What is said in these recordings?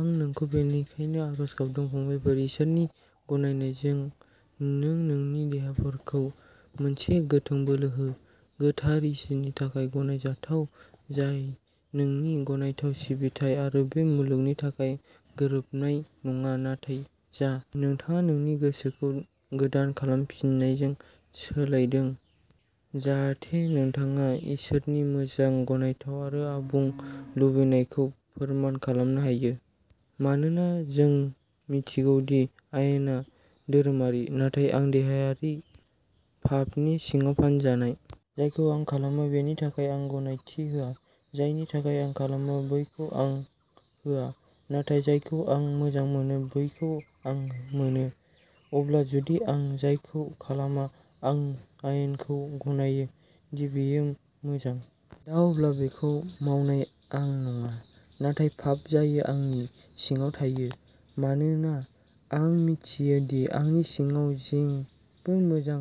"आं नोंखौ बेनिखायनो आरज गाबदों, फंबायफोर, इसोरनि अननायजों, नों नोंनि देहाफोरखौ मोनसे गोथां बोलि हो, गोथार, इसोरनि थाखाय गनायजाथाव, जाय नोंनि गनायथाव सिबिथाइ। आरो बे मुलुगनि थाखाय गोरोबनाय नङाः नाथाय जा। नोंथाङा नोंथांनि गोसोखौ गोदान खालामफिननायजों सोलायदों, जाहाथे नोंथाङा इसोरनि मोजां, गनायथाव आरो आबुं लुबैनायखौ फोरमान खालामनो हायो "" मानोना जों मिथियो दि आयेनआ धोरोमारिः नाथाय आं देहायारि, पापनि सिङाव फानजानाय। जायखौ आं खालामो बेनि थाखाय आं गनायथि होआः जायनि थाखाय आं खालामो, बैखौ आं होआ; नाथाय जायखौ आं मोजां मोना, बैखौ आं मोनो। अब्ला जुदि आं जायखौ खालामा, आं आयेनखौ गनायो दि बेयो मोजां। दा अब्ला बेखौ मावनाया आं नङा, नाथाय पाप जाय आंनि सिङाव थायो। मानोना आं मिथियो दि आंनि सिङाव जेबो मोजां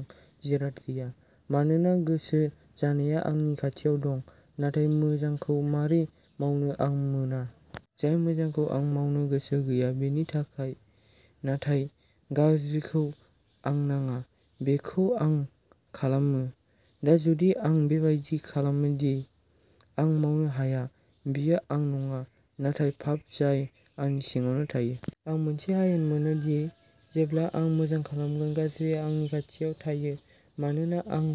जिराद गैयाः मानोना गोसो जानाया आंनि खाथियाव दं; नाथाय मोजांखौ माबोरै मावनो आं मोना। जाय मोजांखौ आं मावनो गोसो गैया बेनि थाखायः नाथाय जाय गाज्रिखौ आं नङा, बेखौ आं खालामो। दा जुदि आं बेबादि खालामदि आं मावनो हाया, बेयो आं नङा, नाथाय पाप जाय आंनि सिङाव थायो। आं मोनसे आयेन मोनो, दि, जेब्ला आं मोजां खालामगोन, गाज्रिआ आंनि खाथियाव थायो। मानोना आं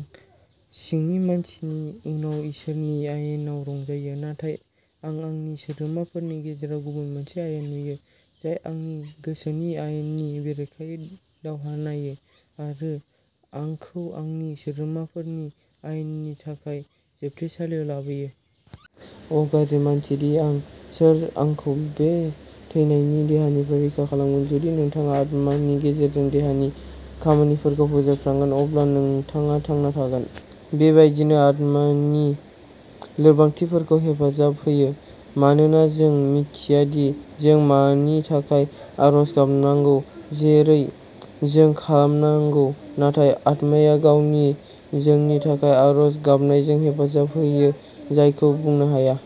सिंनि मानसिनि उनाव इसोरनि आयेनाव रंजायोः नाथाय आं आंनि सोद्रोमाफोरनि गेजेराव गुबुन मोनसे आयेन नुयो, जाय आंनि गोसोनि आयेननि बेरेखायै दावहा नायो, आरो आंखौ आंनि सोद्रोमाफोरनि आयेननि थाखाय जोबथेसालियाव लाबोयो। अ, गाज्रि मानसि दि आं! सोर आंखौ बे थैनायनि देहानिफ्राय रैखा खालामगोन? "" जुदि नोंथाङा आत्मानि गेजेरजों देहानि खामानिफोरखौ फोजोबस्रांगोन, अब्ला नोंथाङा थांना थागोन "" बेबायदिनो आत्माया जोंनि लोरबांथिफोरखौबो हेफाजाब होयोः मानोना जों मिथिया दि जों मानि थाखाय आरज गाबनांगौ जेरै जों खालामनांगौः नाथाय आत्माया गावनो जोंनि थाखाय आरज गाबनायजों हेफाजाब होयो जायखौ बुंनो हाया।